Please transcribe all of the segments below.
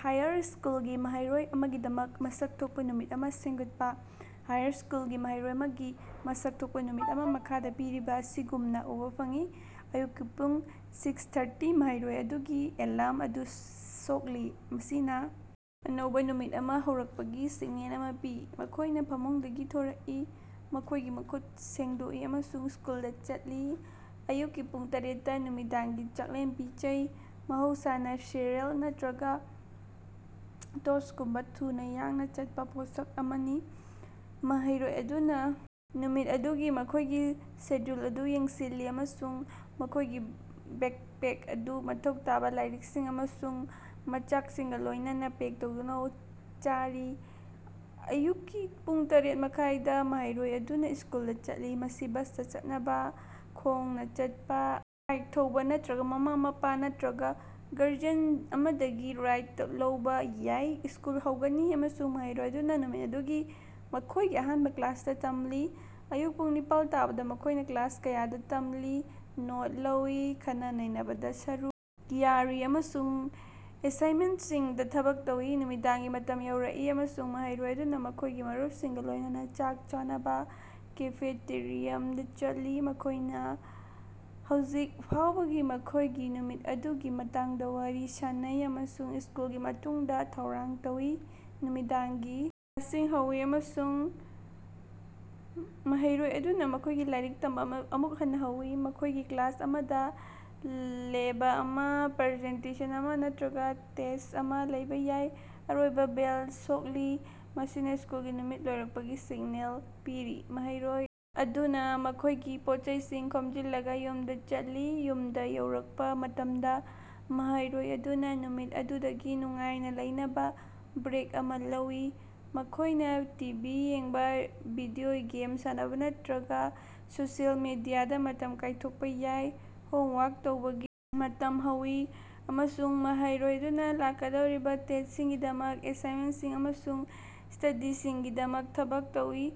Higher ꯁ꯭ꯀꯨꯜꯒꯤ ꯃꯍꯩꯔꯣꯢ ꯑꯃꯒꯤꯗꯃꯛ ꯃꯁꯛ ꯊꯣꯛꯄ ꯅꯨꯃꯤꯠ ꯑꯃ ꯁꯦꯝꯒꯠꯄ ꯫ ꯍꯥꯌꯔ ꯁ꯭ꯀꯨꯜꯒꯤ ꯃꯍꯩꯔꯣꯢ ꯑꯃꯒꯤ ꯃꯁꯛ ꯊꯣꯛꯄ ꯅꯨꯃꯤꯠ ꯑꯃ ꯃꯈꯥꯗ ꯄꯤꯔꯤꯕ ꯑꯁꯤꯒꯨꯝꯅ ꯎꯕ ꯐꯪꯏ: ꯑꯌꯨꯛꯀꯤ ꯄꯨꯡ ꯁꯤꯛꯁ ꯊꯥꯔꯇꯤ ꯃꯍꯩꯔꯣꯢ ꯑꯗꯨꯒꯤ ꯑꯦꯂꯥꯔꯝ ꯑꯗꯨ ꯁꯣꯛꯂꯤ, ꯃꯁꯤꯅ ꯑꯅꯧꯕ ꯅꯨꯃꯤꯠ ꯑꯃ ꯍꯧꯔꯛꯄꯒꯤ ꯁꯤꯒꯅꯦꯜ ꯑꯃ ꯄꯤ꯫ ꯃꯈꯣꯌꯅ ꯐꯃꯨꯡꯗꯒꯤ ꯊꯣꯔꯛꯏ, ꯃꯈꯣꯌꯒꯤ ꯃꯈꯨꯠ ꯁꯦꯡꯗꯣꯛꯏ ꯑꯃꯁꯨꯡ ꯁ꯭ꯀꯨꯜꯗ ꯆꯠꯂꯤ꯫ ꯑꯌꯨꯛꯀꯤ ꯄꯨꯡ ꯇꯔꯦꯠꯗꯥ ꯅꯨꯃꯤꯗꯥꯡꯒꯤ ꯆꯥꯛꯂꯦꯟ ꯄꯤꯖꯩ, ꯃꯍꯧꯁꯥꯅ ꯁꯤꯔꯤꯑꯦꯜ ꯅꯠꯇ꯭ꯔꯒ ꯇꯣꯁ꯭ꯇꯒꯨꯝꯕ ꯊꯨꯅꯥ ꯌꯥꯡꯅ ꯆꯠꯄꯥ ꯄꯣꯠꯁꯛ ꯑꯃꯅꯤ꯫ ꯃꯍꯩꯔꯣꯏ ꯑꯗꯨꯅ ꯅꯨꯃꯤꯠ ꯑꯗꯨꯒꯤ ꯃꯈꯣꯌꯒꯤ ꯁꯦꯗ꯭ꯌꯨꯜ ꯑꯗꯨ ꯌꯦꯡꯁꯤꯜꯂꯤ ꯑꯃꯁꯨꯡ ꯃꯈꯣꯌꯒꯤ ꯕꯦꯀꯄꯦꯛ ꯑꯗꯨ ꯃꯊꯧ ꯇꯥꯕ ꯂꯥꯏꯔꯤꯀꯛꯁꯤꯡ ꯑꯃꯁꯨꯡ ꯃꯆꯥꯛꯁꯤꯡꯒ ꯂꯣꯌꯅꯅ ꯄꯦꯛ ꯇꯧꯗꯨꯅ ꯆꯥꯔꯤ꯫ ꯑꯌꯨꯛꯀꯤ ꯄꯨꯡ ꯇꯔꯦꯠ ꯃꯈꯥꯢ ꯗꯥ: ꯃꯍꯩꯔꯣꯏ ꯑꯗꯨꯅ ꯁ꯭ꯀꯨꯜꯗ ꯆꯠꯂꯤ, ꯃꯁꯤ ꯕꯁꯇ ꯆꯠꯅꯕꯥ, ꯈꯣꯡꯅ ꯆꯠꯄ, ꯕꯥꯏꯛ ꯊꯧꯕ ꯅꯠꯇ꯭ꯔꯒ ꯃꯃꯥ-ꯃꯄꯥ ꯅꯠꯇ꯭ꯔꯒꯥ ꯒꯥꯔꯖꯤꯌꯥꯟ ꯑꯃꯗꯒꯤ ꯔꯥꯏꯗ ꯂꯧꯕ ꯌꯥꯏ꯫ ꯁ꯭ꯀꯨꯜ ꯍꯧꯒꯅꯤ, ꯑꯃꯁꯨꯡ ꯃꯍꯩꯔꯣꯌ ꯑꯗꯨꯅꯥ ꯅꯨꯃꯤꯠ ꯑꯗꯨꯒꯤ ꯃꯈꯣꯌꯒꯤ ꯑꯍꯥꯟꯕ ꯀ꯭ꯂꯥꯁꯇ ꯇꯝꯂꯤ꯫ ꯑꯌꯨꯛ ꯄꯨꯡ ꯅꯤꯄꯥꯜ ꯇꯥꯕꯗ ꯃꯈꯣꯌꯅ ꯀ꯭ꯂꯥꯁ ꯀꯌꯥꯗ ꯇꯝꯂꯤ, ꯅꯣꯠ ꯂꯧꯏ, ꯈꯟꯅ-ꯅꯩꯅꯕꯗ ꯁꯔꯨꯛ ꯌꯥꯔꯤ ꯑꯃꯁꯨꯡ ꯑꯦꯁꯥꯏꯟꯃꯦꯟꯇꯁꯤꯡꯗ ꯊꯕꯛ ꯇꯧꯏ꯫ ꯅꯨꯃꯤꯗꯥꯡꯒꯤ ꯃꯇꯝ ꯌꯧꯔꯛꯏ, ꯑꯃꯁꯨꯡ ꯃꯍꯩꯔꯣꯏ ꯑꯗꯨꯅ ꯃꯈꯣꯌꯒꯤ ꯃꯔꯨꯞꯁꯤꯡꯒ ꯂꯣꯌꯅꯅꯥ ꯆꯥꯛ ꯆꯥꯅꯕ ꯀꯦꯐꯦꯇꯦꯔꯤꯌꯝꯗ ꯆꯠꯂꯤ꯫ ꯃꯈꯣꯌꯅ ꯍꯧꯖꯤꯛ ꯐꯥꯑꯣꯕꯒꯤ ꯃꯈꯣꯌꯒꯤ ꯅꯨꯃꯤꯠ ꯑꯗꯨꯒꯤ ꯃꯇꯥꯡꯗ ꯋꯥꯔꯤ ꯁꯥꯅꯩ ꯑꯃꯁꯨꯡ ꯁ꯭ꯀꯨꯜꯒꯤ ꯃꯇꯨꯡꯗ ꯊꯧꯔꯥꯡ ꯇꯧꯏ꯫ ꯅꯨꯃꯤꯗꯥꯡꯒꯤ ꯀ꯭ꯂꯥꯁꯁꯤꯡ ꯍꯧꯏ, ꯑꯃꯁꯨꯡ ꯃꯍꯩꯔꯣꯏ ꯑꯗꯨꯅ ꯃꯈꯣꯌꯒꯤ ꯂꯥꯏꯔꯤꯛ ꯇꯝꯕ ꯑꯃꯨꯛ ꯍꯟꯅ ꯍꯧꯏ꯫ ꯃꯈꯣꯌꯒꯤ ꯀ꯭ꯂꯥꯁ ꯑꯃꯗ ꯂꯦꯕ ꯑꯃ, ꯄ꯭ꯔꯖꯦꯟꯇꯦꯁꯟ ꯑꯃ ꯅꯠꯇ꯭ꯔꯒꯥ ꯇꯦꯁ꯭ꯠ ꯑꯃ ꯂꯩꯕ ꯌꯥꯏ꯫ ꯑꯔꯣꯏꯕ ꯕꯦꯜ ꯁꯣꯛꯂꯤ, ꯃꯁꯤꯅ ꯁ꯭ꯀꯨꯜꯒꯤ ꯅꯨꯃꯤꯠ ꯂꯣꯏꯔꯛꯄꯒꯤ ꯁꯤꯒꯅꯦꯜ ꯄꯤꯔꯤ꯫ ꯃꯍꯩꯔꯣꯌ ꯑꯗꯨꯅ ꯃꯈꯣꯌꯒꯤ ꯄꯣꯠꯆꯩꯁꯤꯡ ꯈꯣꯝꯖꯤꯜꯂꯒ ꯌꯨꯝꯗ ꯆꯠꯂꯤ꯫ ꯌꯨꯝꯗ ꯌꯧꯔꯛꯄ ꯃꯇꯝꯗ ꯃꯍꯩꯔꯣꯏ ꯑꯗꯨꯅ ꯅꯨꯃꯤꯠ ꯑꯗꯨꯗꯒꯤ ꯅꯨꯡꯉꯥꯏꯅ ꯂꯩꯅꯕ ꯕ꯭ꯔꯦꯛ ꯑꯃ ꯂꯧꯏ꯫ ꯃꯈꯣꯌꯅ ꯇꯤꯚꯤ ꯌꯦꯡꯕ, ꯚꯤꯗꯤꯑꯣ ꯒꯦꯝ ꯁꯥꯟꯅꯕꯥ ꯅꯠꯇ꯭ꯔꯒ ꯁꯣꯁꯤꯌꯦꯜ ꯃꯤꯗꯤꯌꯥꯗ ꯃꯇꯝ ꯀꯥꯌꯊꯣꯜꯄ ꯌꯥꯏ꯫ ꯍꯣꯝ ꯋꯥꯔꯛ ꯇꯧꯕꯒꯤ ꯃꯇꯝ ꯍꯧꯏ, ꯑꯃꯁꯨꯡ ꯃꯍꯩꯔꯣꯏ ꯑꯗꯨꯅ ꯂꯥꯛꯀꯗꯧꯔꯤꯕ ꯇꯦꯁ꯭ꯇꯁꯤꯡꯒꯤꯗꯃꯛ ꯑꯦꯁꯥꯏꯟꯃꯦꯟꯇꯁꯤꯡ ꯑꯃꯁꯨꯡ ꯁ꯭ꯇꯗꯤꯁꯤꯡꯒꯤ ꯊꯕꯛ ꯇꯧꯏ꯫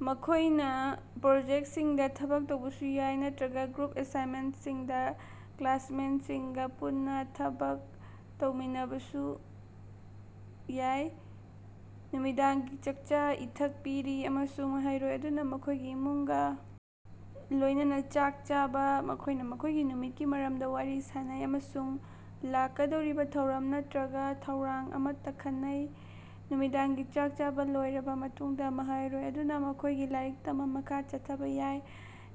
ꯃꯈꯣꯌꯅ ꯄ꯭ꯔꯣꯖꯦꯛꯇꯁꯤꯡꯗ ꯊꯕꯛ ꯇꯧꯕꯁꯨ ꯌꯥꯏ ꯅꯠꯇ꯭ꯔꯒꯥ ꯒ꯭ꯔꯨꯞ ꯑꯦꯁꯥꯏꯟꯃꯦꯟꯇꯁꯤꯡꯗ ꯀ꯭ꯂꯥꯁꯃꯦꯠꯁꯤꯡꯒ ꯄꯨꯟꯅ ꯊꯕꯛ ꯇꯧꯃꯤꯟꯅꯕꯁꯨ ꯌꯥꯏ꯫ ꯅꯨꯃꯤꯗꯥꯡꯒꯤ ꯆꯥꯛꯆꯥ-ꯏꯊꯛ ꯄꯤꯔꯤ, ꯑꯃꯁꯨꯡ ꯃꯍꯩꯔꯣꯏ ꯑꯗꯨꯅ ꯃꯈꯣꯌꯒꯤ ꯏꯃꯨꯡꯒ ꯂꯣꯌꯅꯅꯥ ꯆꯥꯛ ꯆꯥꯕ꯫ ꯃꯈꯣꯌꯅ ꯃꯈꯣꯌꯒꯤ ꯅꯨꯃꯤꯠꯀꯤ ꯃꯔꯝꯗ ꯋꯥꯔꯤ ꯁꯥꯅꯩ, ꯑꯃꯁꯨꯡ ꯂꯥꯛꯀꯗꯧꯔꯤꯕ ꯊꯧꯔꯝ ꯅꯠꯇ꯭ꯔꯒ ꯊꯧꯔꯥꯡ ꯑꯃꯠꯇ ꯈꯟꯅꯩ꯫ ꯅꯨꯃꯤꯗꯥꯡꯒꯤ ꯆꯥꯛ ꯆꯥꯕ ꯂꯣꯏꯔꯕ ꯃꯇꯨꯡꯗ ꯃꯍꯩꯔꯣꯌ ꯑꯗꯨꯅ ꯃꯈꯣꯌꯒꯤ ꯂꯥꯏꯔꯤꯛ ꯇꯝꯕ ꯃꯈꯥ ꯆꯠꯊꯕ ꯌꯥꯏ,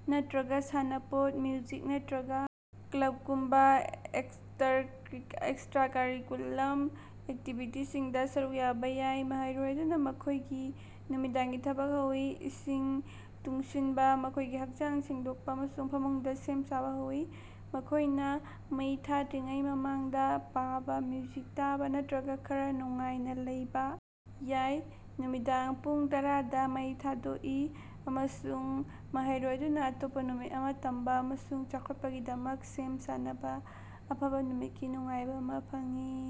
ꯅꯠꯇ꯭ꯔꯒꯥ ꯁꯥꯟꯅꯄꯣꯠ, ꯃ꯭ꯌꯨꯖꯤꯛ ꯅꯠꯇ꯭ꯔꯒꯥ ꯀ꯭ꯂꯕꯒꯨꯝꯕ ꯑꯦꯛꯁꯇ꯭ꯔꯥꯀꯔꯤꯀꯨꯂꯔ ꯑꯦꯛꯇꯤꯕꯤꯇꯤꯁꯤꯡꯗ ꯁꯔꯨꯛ ꯌꯥꯕ ꯌꯥꯏ꯫ ꯃꯍꯩꯔꯣꯌ ꯑꯗꯨꯅ ꯃꯈꯣꯌꯒꯤ ꯅꯨꯃꯤꯗꯥꯡꯒꯤ ꯊꯕꯛ ꯍꯧꯏ, ꯏꯁꯤꯡ ꯇꯨꯡꯁꯤꯟꯕ, ꯃꯈꯣꯌꯒꯤ ꯍꯥꯛꯆꯥꯡ ꯁꯦꯡꯗꯣꯛꯄ ꯑꯃꯁꯨꯡ ꯐꯃꯨꯡꯗ ꯁꯦꯝ ꯁꯥꯕ ꯍꯧꯏ꯫ ꯃꯈꯣꯌꯅ ꯃꯩ ꯊꯥꯗ꯭ꯔꯤꯉꯩ ꯃꯃꯥꯡꯗ ꯄꯥꯕ, ꯃ꯭ꯌꯨꯖꯤꯛ ꯇꯥꯕ ꯅꯠꯇ꯭ꯔꯒ ꯈꯔꯥ ꯅꯨꯡꯉꯥꯏꯅ ꯂꯩꯕ ꯌꯥꯏ꯫ ꯅꯨꯃꯤꯗꯥꯡ ꯄꯨꯡ ꯇꯔꯥꯗꯥ ꯃꯩ ꯊꯥꯗꯣꯛꯏ, ꯑꯃꯁꯨꯡ ꯃꯍꯩꯔꯣꯌ ꯑꯗꯨꯅ ꯑꯇꯣꯞꯄ ꯅꯨꯃꯤꯠ ꯑꯃ ꯇꯝꯕ ꯑꯃꯁꯨꯡ ꯆꯥꯎꯈꯠꯂꯛꯄꯒꯤꯗꯃꯛ ꯁꯦꯝ ꯁꯥꯅꯕ ꯑꯐꯕ ꯅꯨꯃꯤꯠꯀꯤ ꯅꯨꯡꯉꯥꯏꯕ ꯑꯃ ꯐꯪꯏ꯫